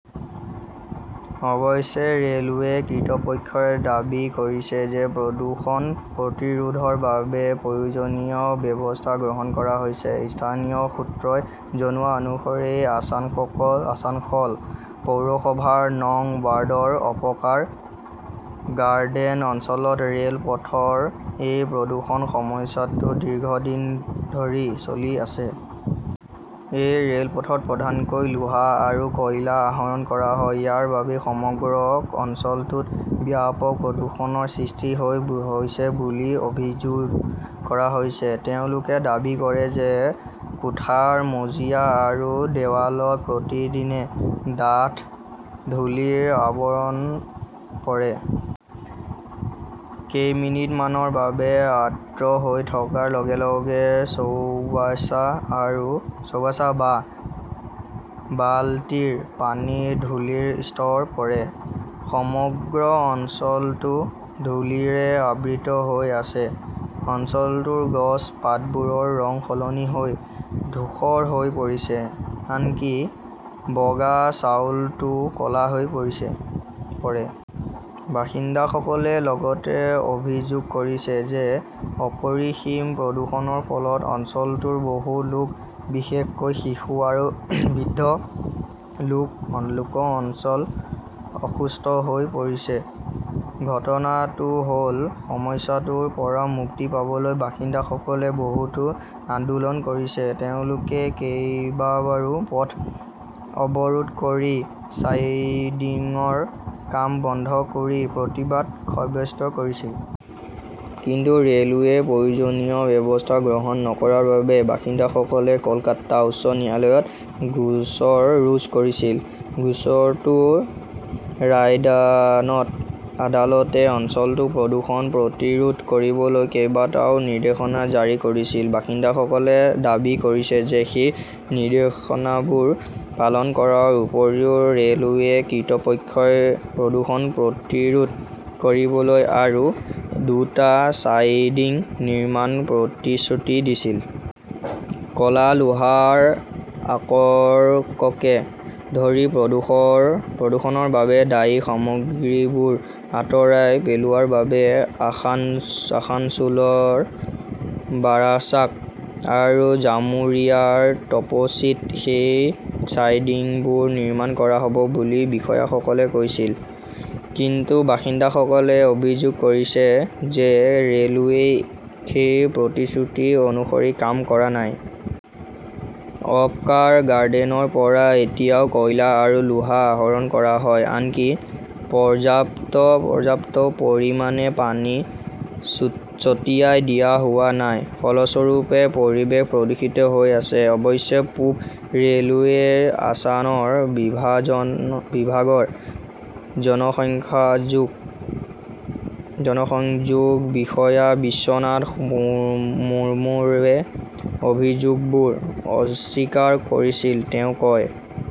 অৱশ্যে, ৰেলৱে কৰ্তৃপক্ষই দাবী কৰিছে যে প্ৰদূষণ প্ৰতিৰোধৰ বাবে প্ৰয়োজনীয় ব্যৱস্থা গ্ৰহণ কৰা হৈছে। স্থানীয় সূত্ৰই জনোৱা অনুসৰি আছানসল পৌৰসভাৰ নং ৱাৰ্ডৰ আপকাৰ গাৰ্ডেন অঞ্চলত ৰেল পথৰ এই প্ৰদূষণ-সমস্যাটো দীৰ্ঘদিন ধৰি চলি আছে। এই ৰেলপথত প্ৰধানকৈ লোহা আৰু কয়লা আহৰণ কৰা হয়। ইয়াৰ বাবেই সমগ্ৰ অঞ্চলটোত ব্যাপক প্ৰদূষণৰ সৃষ্টি হৈছে বুলি অভিযোগ কৰা হৈছে। তেওঁলোকে দাবী কৰে যে কোঠাৰ মজিয়া আৰু দেৱালত প্ৰতিদিনে ডাঠ ধূলিৰ আৱৰণ পৰে। কেইমিনিটমানৰ বাবে আৰ্দ্ৰ হৈ থকাৰ লগে লগে চৌবাচা বা বালতিৰ পানীত ধূলিৰ স্তৰ পৰে। সমগ্ৰ অঞ্চলটো ধূলিৰে আবৃত হৈ আছে। অঞ্চলটোৰ গছৰ পাতবোৰৰ ৰং সলনি হৈ ধূসৰ হৈ পৰিছে। আনকি বগা চাউলটোও ক'লা হৈ পৰে। বাসিন্দাসকলে লগতে অভিযোগ কৰিছে যে অপৰিসীম প্ৰদূষণৰ ফলত অঞ্চলটোৰ বহু লোক, বিশেষকৈ শিশু আৰু বৃদ্ধ লোক অসুস্থ হৈ পৰিছে। ঘটনাটো হ'ল, সমস্যাটোৰ পৰা মুক্তি পাবলৈ বাসিন্দাসকলে বহুতো আন্দোলন কৰিছে। তেওঁলোকে কেইবাবাৰো পথ অৱৰোধ কৰি চাইডিংৰ কাম বন্ধ কৰি প্ৰতিবাদ সাব্যস্ত কৰিছিল। কিন্তু ৰেলৱেই প্ৰয়োজনীয় ব্যৱস্থা গ্ৰহণ নকৰাৰ বাবে বাসিন্দাসকলে কলকাতা উচ্চ ন্যায়ালয়ত গোচৰ ৰুজু কৰিছিল। গোচৰটোৰ ৰায়দানত আদালতে অঞ্চলটোত প্ৰদূষণ প্ৰতিৰোধ কৰিবলৈ কেইবাটাও নিৰ্দেশনা জাৰি কৰিছিল। বাসিন্দাসকলে দাবী কৰিছে যে সেই নিৰ্দেশনাবোৰ পালন কৰাৰ উপৰিও ৰেলৱে কৰ্তৃপক্ষই প্ৰদূষণ প্ৰতিৰোধ কৰিবলৈ আৰু দুটা চাইডিং নিৰ্মাণৰ প্ৰতিশ্ৰুতি দিছিল। ক'লা, লোহাৰ আকৰককে ধৰি প্ৰদূষণৰ বাবে দায়ী সামগ্ৰীবোৰ আঁতৰাই পেলোৱাৰ বাবে আসানছোলৰ বাৰাচাক আৰু জামুৰিয়াৰ তপচীত সেই চাইডিংবোৰ নিৰ্মাণ কৰা হ ব বুলি বিষয়াসকলে কৈছিল। কিন্তু বাসিন্দাসকলে অভিযোগ কৰিছে যে ৰেলৱেই সেই প্ৰতিশ্ৰুতি অনুসৰি কাম কৰা নাই। আপকাৰ গাৰ্ডেনৰ পৰা এতিয়াও কয়লা আৰু লোহা আহৰণ কৰা হয়। আনকি পৰ্যাপ্ত পৰিমাণে পানী ছটিয়াই দিয়া হোৱা নাই। ফলস্বৰূপে, পৰিৱেশ প্ৰদূষিত হৈ আছে। অৱশ্যে, পূব ৰেলৱেৰ আছানসল বিভাগৰ জনসংযোগ বিষয়া বিশ্বনাথ মুৰ্মুৱে অভিযোগবোৰ অস্বীকাৰ কৰিছিল। তেওঁ কয়,